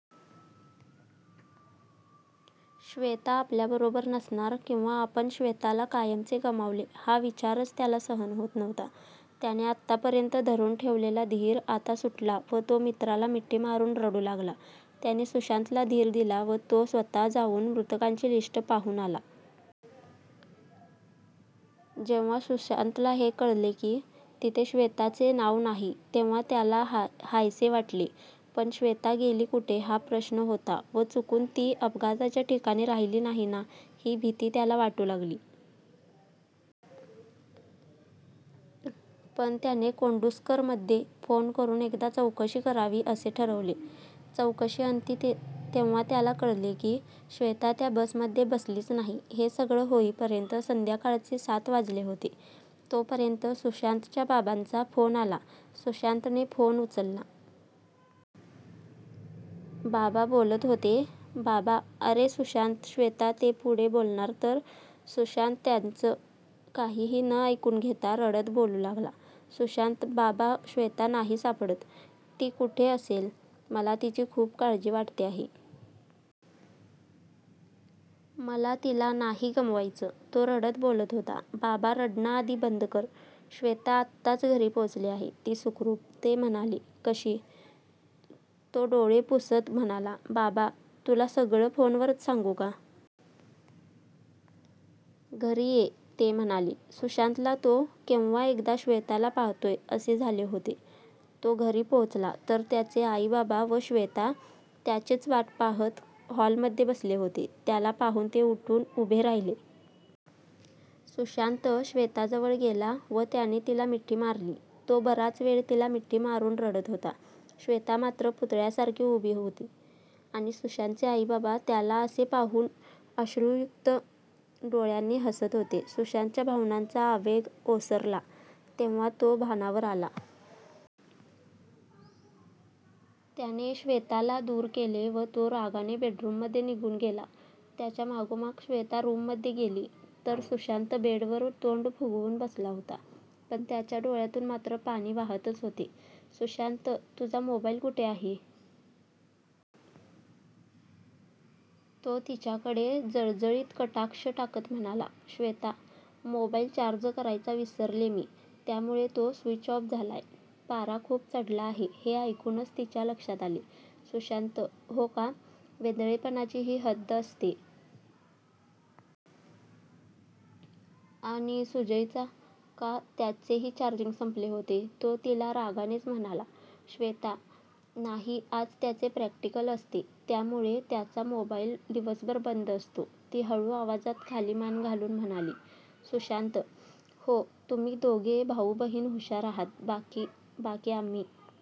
श्वेता आपल्याबरोबर नसणार किंवा आपण श्वेताला कायमचे गमावले हा विचारच त्याला सहन होत नव्हता. त्याने आतापर्यंत धरून ठेवलेला धीर आता सुटला व तो मित्राला मिठी मारून रडू लागला. त्याने सुशांतला धीर दिला व तो स्वतः जाऊन मृतकांची लिस्ट पाहून आला. जेव्हा सुशांतला हे कळले की तिथे श्वेताचे नाव नाही तेव्हा त्याला हायसे वाटले, पण श्वेता गेली कुठे हा प्रश्न होता व चुकून ती अपघाताच्या ठिकाणी राहिली नाही ना ही भीती त्याला वाटू लागली. पण त्याने कोंडूस्करमध्ये फोन करून एकदा चौकशी करावी असे ठरवले. चौकशीअंती तेव्हा त्याला कळले की श्वेता त्या बसमध्ये बसलीच नाही. हे सगळं होईपर्यंत संध्याकाळचे सात वाजले होते. तोपर्यंत सुशांतच्या बाबांचा फोन आला, सुशांतने फोन उचलला. बाबा बोलत होते. बाबा, अरे सुशांत श्वेता, ते पुढे बोलणार तर सुशांत त्यांचं काहीही न ऐकून घेता रडत बोलू लागला. सुशांत, बाबा श्वेता नाही सापडत. ती कुठे असेल, मला तिची खूप काळजी वाटते आहे. मला तिला नाही गमवायचं! तो रडत बोलत होता. बाबा, रडणं आधी बंद कर! श्वेता आत्ताच घरी पोहोचली आहे. ती सुखरूप! ते म्हणाले. कशी, तो डोळे पुसत म्हणाला. बाबा, तुला सगळं फोनवरच सांगू का? घरी ये! ते म्हणाले. सुशांतला तो केव्हा एकदा श्वेताला पाहतोय असे झाले होते. तो घरी पोहोचला. तर त्याचे आई-बाबा व श्वेता त्याचीच वाट पाहत हॉलमध्ये बसले होते. त्याला पाहून ते उठून उभे राहिले. सुशांत श्वेताजवळ गेला व त्याने तिला मिठी मारली. तो बराच वेळ तिला मिठी मारून रडत होता. श्वेता मात्र पुतळ्यासारखी उभी होती आणि सुशांतचे आई-बाबा त्याला असे पाहून अश्रूयुक्त डोळ्यांनी हसत होते. सुशांतच्या भावनांचा आवेग ओसरला तेव्हा तो भानावर आला. त्याने श्वेताला दूर केले व तो रागाने बेडरूममध्ये निघून गेला. त्याच्या मागोमाग श्वेता रूममध्ये गेली. तर सुशांत बेडवर तोंड फुगवून बसला होता. पण त्याच्या डोळ्यांतून मात्र पाणी वाहतच होते. सुशांत, तुझा मोबाईल कुठे आहे? तो तिच्याकडे जळजळीत कटाक्ष टाकत म्हणाला. श्वेता, मोबाईल चार्ज करायचा विसरले मी, त्यामुळे तो स्विच ऑफ झालाय, पारा खूप चढला आहे हे ऐकूनच तिच्या लक्षात आले. सुशांत, हो का? वेंधळेपणाची ही हद्द असते. आणि सुजयचा, का त्याचेही चार्जिंग संपले होते? तो तिला रागानेच म्हणाला. श्वेता, नाही, आज त्याचे प्रॅक्टिकल असते त्यामुळे त्याचा मोबाईल दिवसभर बंद असतो. ती हळू आवाजात खाली मान घालून म्हणाली. सुशांत, हो, तुम्ही दोघे भाऊ-बहीण हुशार आहात, बाकी आम्ही